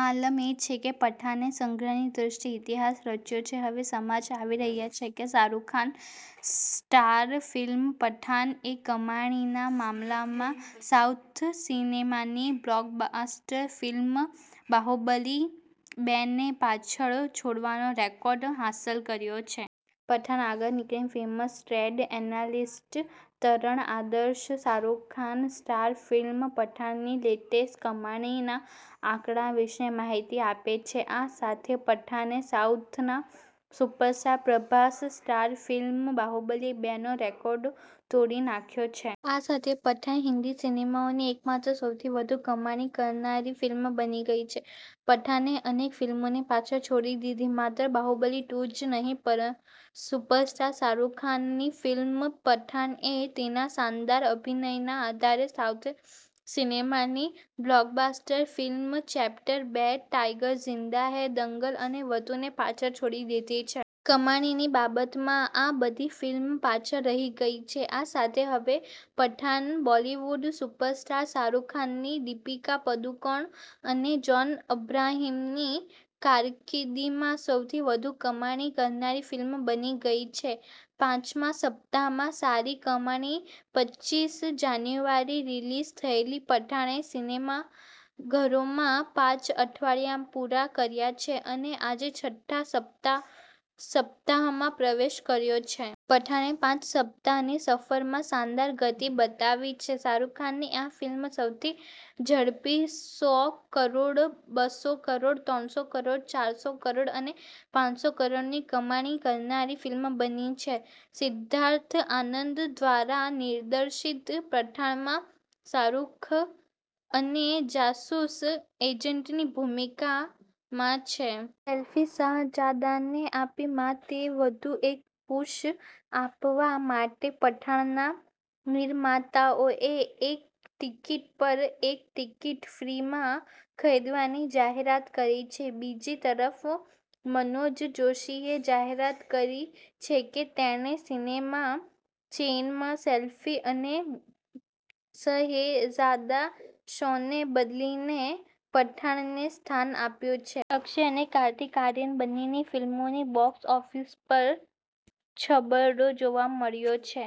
આલમ એ છે કે 'પઠાને' સંગ્રહની દૃષ્ટિએ ઇતિહાસ રચ્યો છે. હવે સમાચાર આવી રહ્યા છે કે શાહરૂખ ખાન સ્ટાર ફિલ્મ 'પઠાન'એ કમાણીના મામલામાં સાઉથ સિનેમાની બ્લોકબસ્ટર ફિલ્મ 'બાહુબલી બે 'ને પાછળ છોડવાનો રેકોર્ડ હાંસલ કર્યો છે. 'પઠાન' આગળ નીકળી ફેમસ ટ્રેડ એનાલિસ્ટ તરણ આદર્શે શાહરૂખ ખાન સ્ટાર ફિલ્મ 'પઠાણ'ની લેટેસ્ટ કમાણીના આંકડા વિશે માહિતી આપી છે. આ સાથે 'પઠાને' સાઉથના superstar Prabhas starrer film 'Baahubali બે 'નો રેકોર્ડ તોડી નાખ્યો છે. આ સાથે 'પઠાન' હિન્દી સિનેમાની એકમાત્ર સૌથી વધુ કમાણી કરનારી ફિલ્મ બની ગઈ છે. 'પઠાને' અનેક ફિલ્મોને પાછળ છોડી દીધી માત્ર 'બાહુબલી ટુ' જ નહીં, સુપરસ્ટાર શાહરૂખ ખાનની ફિલ્મ 'પઠાણ'એ તેના શાનદાર અભિનયના આધારે સાઉથ સિનેમાની બ્લોકબસ્ટર ફિલ્મ ચેપ્ટર બે, ટાઈગર ઝિંદા હૈ, દંગલ અને વધુને પાછળ છોડી દીધી છે. કમાણીની બાબતમાં આ બધી ફિલ્મ પાછળ રહી ગઈ છે. આ સાથે હવે પઠાન બોલિવૂડ સુપરસ્ટાર શાહરૂખ ખાન, દીપિકા પાદુકોણ અને જોન અબ્રાહમની કારકિર્દીમાં સૌથી વધુ કમાણી કરનારી ફિલ્મ બની ગઈ છે. પાંચમા સપ્તાહમાં સારી કમાણી પચ્ચીસ જાન્યુઆરીએ રિલીઝ થયેલી પઠાણે સિનેમાઘરોમાં પાંચ અઠવાડિયા પૂરા કર્યા છે અને આજે છઠ્ઠા સપ્તાહમાં પ્રવેશ કર્યો છે. પઠાને પાંચ સપ્તાહની સફરમાં શાનદાર ગતિ બતાવી છે. શાહરૂખની આ ફિલ્મ સૌથી ઝડપી સો કરોડ, બસો કરોડ, ત્રણસો કરોડ, ચારસો કરોડ અને પાંસો કરોડની કમાણી કરનારી ફિલ્મ બની છે. સિદ્ધાર્થ આનંદ દ્વારા નિર્દેશિત પઠાણમાં શાહરૂખ એક જાસૂસ એજન્ટની ભૂમિકામાં છે. સેલ્ફી-શાહજાદાને આપી માત તેને વધુ એક પુશ આપવા માટે, પઠાણના નિર્માતાઓએ એક ટિકિટ પર એક ટીકીટ ફ્રીમાં ખરીદવાની જાહેરાત કરી છે. બીજી તરફ મનોજ જોશીએ જાહેરાત કરી છે કે, તેણે સિનેમા ચેઈનમાં સેલ્ફી અને શહેઝાદા શોને બદલીને પઠાણને સ્થાન આપ્યું છે. અક્ષય અને કાર્તિક આર્યન બંનેની ફિલ્મોની બોક્સ ઓફિસ પર છબરડો જોવા મળ્યો છે.